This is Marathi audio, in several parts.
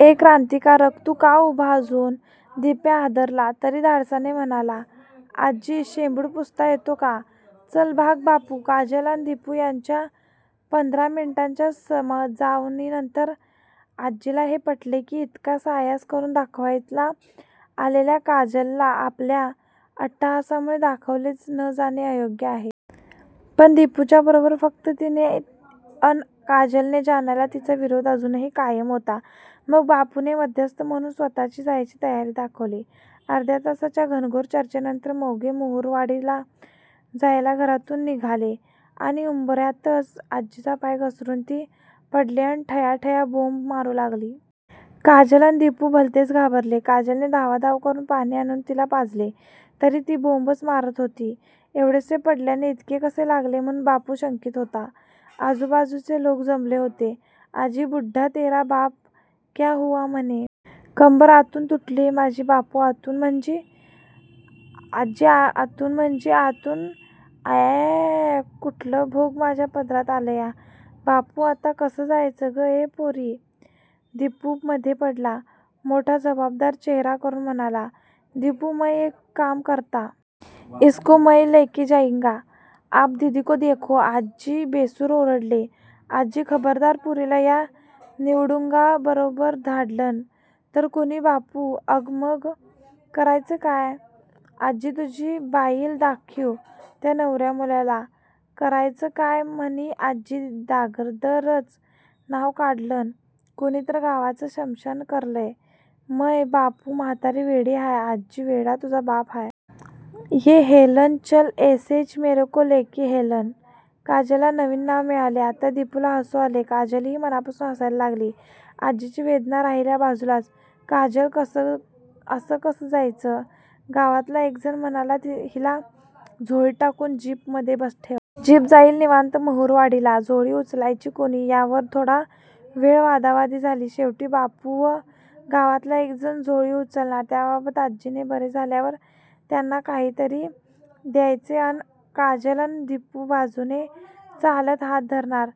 ए क्रान्तीकारक? तू का उभा अजून? दिप्या हादरला. तरी धाडसाने म्हणाला. आजी शेंबुड पुसता येतो का? चल्ल भाग बापू, काजल अन दिपू यांच्या पंधरा मिनिटांच्या समजावणीनंतर आजीला हे पटले की इतका सायास करून दाखवायला आलेल्या काजलला आपल्या अट्टाहासामुळे दाखवलेच न जाणे अयोग्य आहे. पण दिपूच्या बरोबर फक्त तिने अन काजलने जाण्याला तिचा विरोध अजूनही कायम होता. मग बापूने मध्यस्थ म्हणून स्वतः जायची तयारी दाखवली. अर्ध्या तासाच्या घनघोर चर्चेनंतर चौघे महुरवाडीला जायला घरातून निघाले आणि उंबऱ्यातच आजीचा पाय घसरुन ती पडली अन ठयाठया बोंब मारू लागली. काजल अन दिपू भलतेच घाबरले. काजलने धावाधाव करून पाणी आणून तिला पाजले. तरी ती बोंब मारतच होती. एवढेसे पडल्याने इतके कसे लागले म्हणून बापू शंकीत होता. आजूबाजूचे लोक जमले होते. आजी बुढ्ढा तेरा बाप क्या हुवा म्हणे. कंबर आतून तुटलीय माझी बापू आतून म्हंजी? आजी आतून म्हंजी आतून अयायायायायाया कुटलं भोग माज्या पदरात आलया. बापू आता कसं जायचं गं ए पोरी? दिपू मधे पडला. मोठा जबाबदार चेहरा करून म्हणाला. दिपू मय एक काम करता. इसको मय लेके जायेंगा. आप दादीको देखो.आजी भेसूर ओरडली. आजी खबरदार पोरीला या निवडुंगाबरोबर धाडलन तर कुणी बापू अगं मंग करायचं काय? आजी तुझी बाईल दाखीव त्या नवर्या मुलाला करायचं काय म्हणी आजी डागदरचं नाव काढलन कुणी तर गावाच शमशान करल मय बापू म्हातारी वेडी हाये आजी वेडा तुझा बाप हाय. ये हेलन चल ऐसेच मेरेको लेके हेलन! काजलला नवीन नाव मिळाले. आता दिपूला हसू आले. काजलही मनापासून हसायला लागली. आजीची वेदना राहिली बाजूलाच! काजल असं कसं जायचं? गावातला एक जण म्हणाला हिला झोळीत टाकून जीप मध्ये बसवून. जीप जाईल निवांत महुरवाडीला. झोळी उचलायची कुणी यावर थोडा वेळ वादावादी झाली. शेवटी बापू व गावातला एक जण झोळी उचलणार, त्याबदल्यात आजीने बरे झाल्यावर त्यांना काहीतरी द्यायचे अन काजल अन दिपू बाजूने चालत हात धरणार,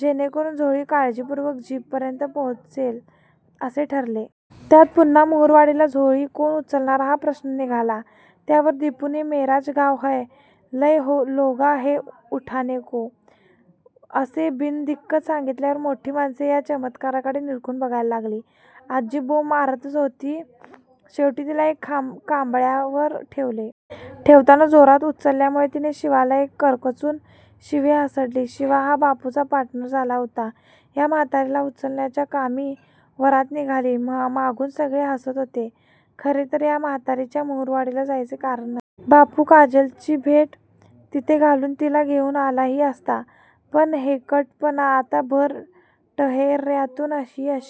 जेणेकरून झोळी काळजीपुर्वक जीपपर्यंत पोचेल असे ठरले. त्यात पुन्हा महुरवाडीला झोळी कोण उचलणार हा प्रश्न निघाला. त्यावर दिपूने 'मेराच गाव हय. लय लोगां है उठानेको' असे बिनदिक्कत सांगीतल्यावर मोठी माणसे या चमत्काराकडे निरखून बघायला लागली. आजी बोंब मारतच होती. शेवटी तिला एका कांबळ्यावर ठेवले. ठेवताना जोरात उचलल्यामुळे तिने शिवाला एक करकचून शिवी हासडली. शिवा हा बापुचा पार्टनर झाला होता या म्हातारीला उचलण्याच्या कामी! वरात निघाली. मागून सगळे हसत होते. खरे तर या म्हातारीला महुरवाडीला जायचे कारण नव्हते. बापू काजलची भेट तिथे घालून तिला घेऊन आलाही असता. पण हेकटपणा! आता भर टहेर्यातून ही अशी